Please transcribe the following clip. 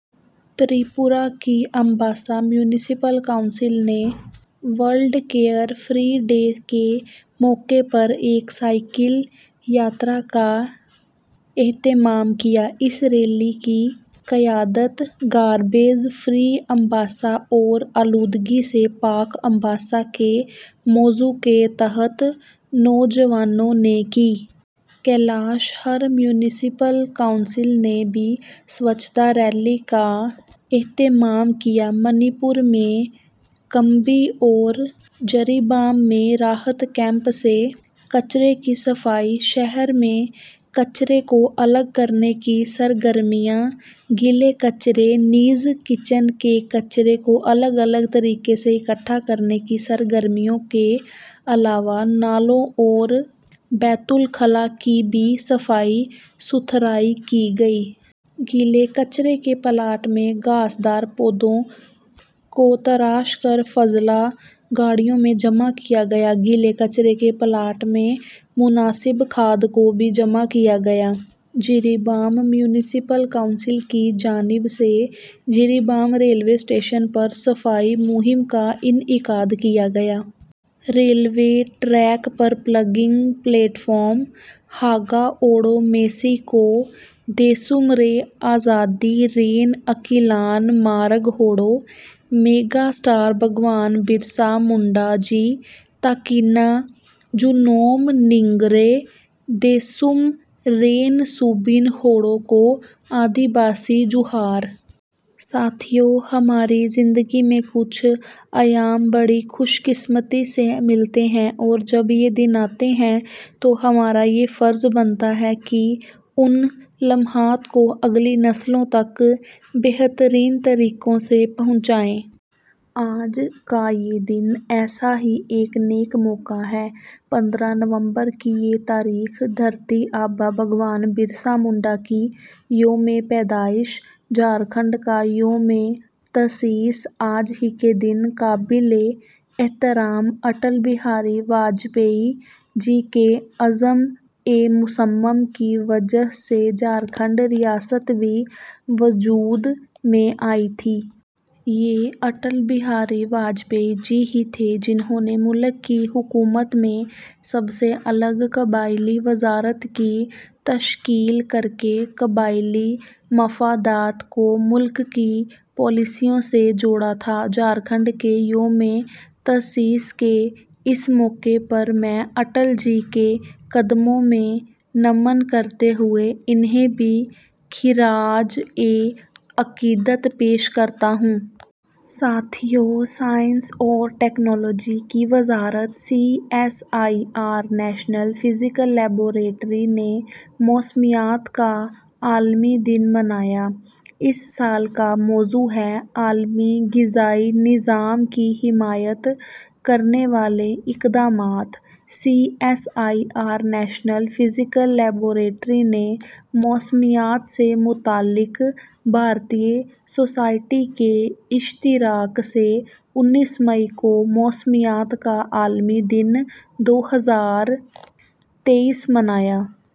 تریپورہ کی Ambassa municipal council نے world car free day کے موقع پر ایک سائیکل یاترا کا اہتمام کیا۔ اس ریلی کی قیادت ’گاربیج فری امباسا‘ اور ’آلودگی سے پاک امباسا‘ کے موضوع کے تحت نوجوانوں نے کی۔ کیلاش ہر میونسپل کونسل نے بھی سوچھتا ریلی کا اہتمام کیا۔ منی پور میں کمبی اور جری بام میں راحتی کیمپ سے کچرے کی صفائی، شہر میں کچرے کو الگ کرنے کی سرگرمیاں، گیلے کچرے نیز کچن کے کچرے کو الگ الگ طریقے سے اکٹھا کرنے کی سرگرمیوں کے علاوہ نالوں اور بیت الخلاء کی بھی صفائی ستھرائی کی گئی۔ گیلے کچرے کے پلانٹ میں گھاس دار پودوں کو تراش کر فضلہ گاڑیوں میں جمع کیا گیا۔ گیلے کچرے کے پلانٹ میں مناسب کھاد کو بھی جمع کیا گیا۔ جیری بام میونسپل کونسل کی جانب سے جیری بام ریلوے اسٹیشن پر صفائی مہم کا انعقاد کیا گیا۔ ریلوے ٹریک پر پلگنگ، پلیٹ فارم... ہاگا اوڑو میسی کو، دیسوم رے آ آزادی رین اکیلان مارگ ہوڑو، میگا اسٹار بھگوان برسا منڈا جی، تاکینا جونوم نیگرے، دیسوم رین سوبین ہوڑو کو، آدی باسی جوہار۔ ساتھیو! ہماری زندگی میں کچھ ایام بڑی خوش قسمتی سے ملتے ہیں اور جب یہ دن آتے ہیں تو ہمارا یہ فریضہ بنتا ہے کہ ان لمحات کو اگلی نسلوں تک بہترین طریقوں سے پہنچائیں۔ آج کا یہ دن ایسا ہی ایک نیک موقع ہے۔ پندرہ نومبر کی یہ تاریخ! دھرتی آبا بھگوان برسا منڈا کی یومِ پیدائش! جھارکھنڈ کا یومِ تاسیس! آج ہی کے دن قابلِ احترام اٹل بہاری واجپئی جی کے عزمِ مصمم کی وجہ سے جھارکھنڈ ریاست بھی وجود میں آئی تھی۔ یہ اٹل بہاری واجپئی جی ہی تھے، جنہوں نے ملک کی حکومت میں سب سے الگ قبائلی وزارت کی تشکیل کرکے قبائلی مفادات کو ملک کی پالیسیوں سے جوڑا تھا۔ جھارکھنڈ کے یومِ تاسیس کے اس موقع پر میں اٹل جی کے قدموں میں نمن کرتے ہوئے انہیں بھی خراجِ عقیدت پیش کرتا ہوں۔ ساتھیو! سائنس اور ٹیکنالوجی کی وزارت C S I R national physical laboratory نے موسمیات کا عالمی دن منایا۔ اس سال کا موضوع ہے، "عالمی غذائی نظام کی حمایت کرنے والے اقدامات"۔ C S I R national physical laboratory نے موسمیات سے متعلق بھارتی سوسائٹی کے اشتراک سے انیس مئی کو موسمیات کا عالمی دن دو ہزار تئیس منایا۔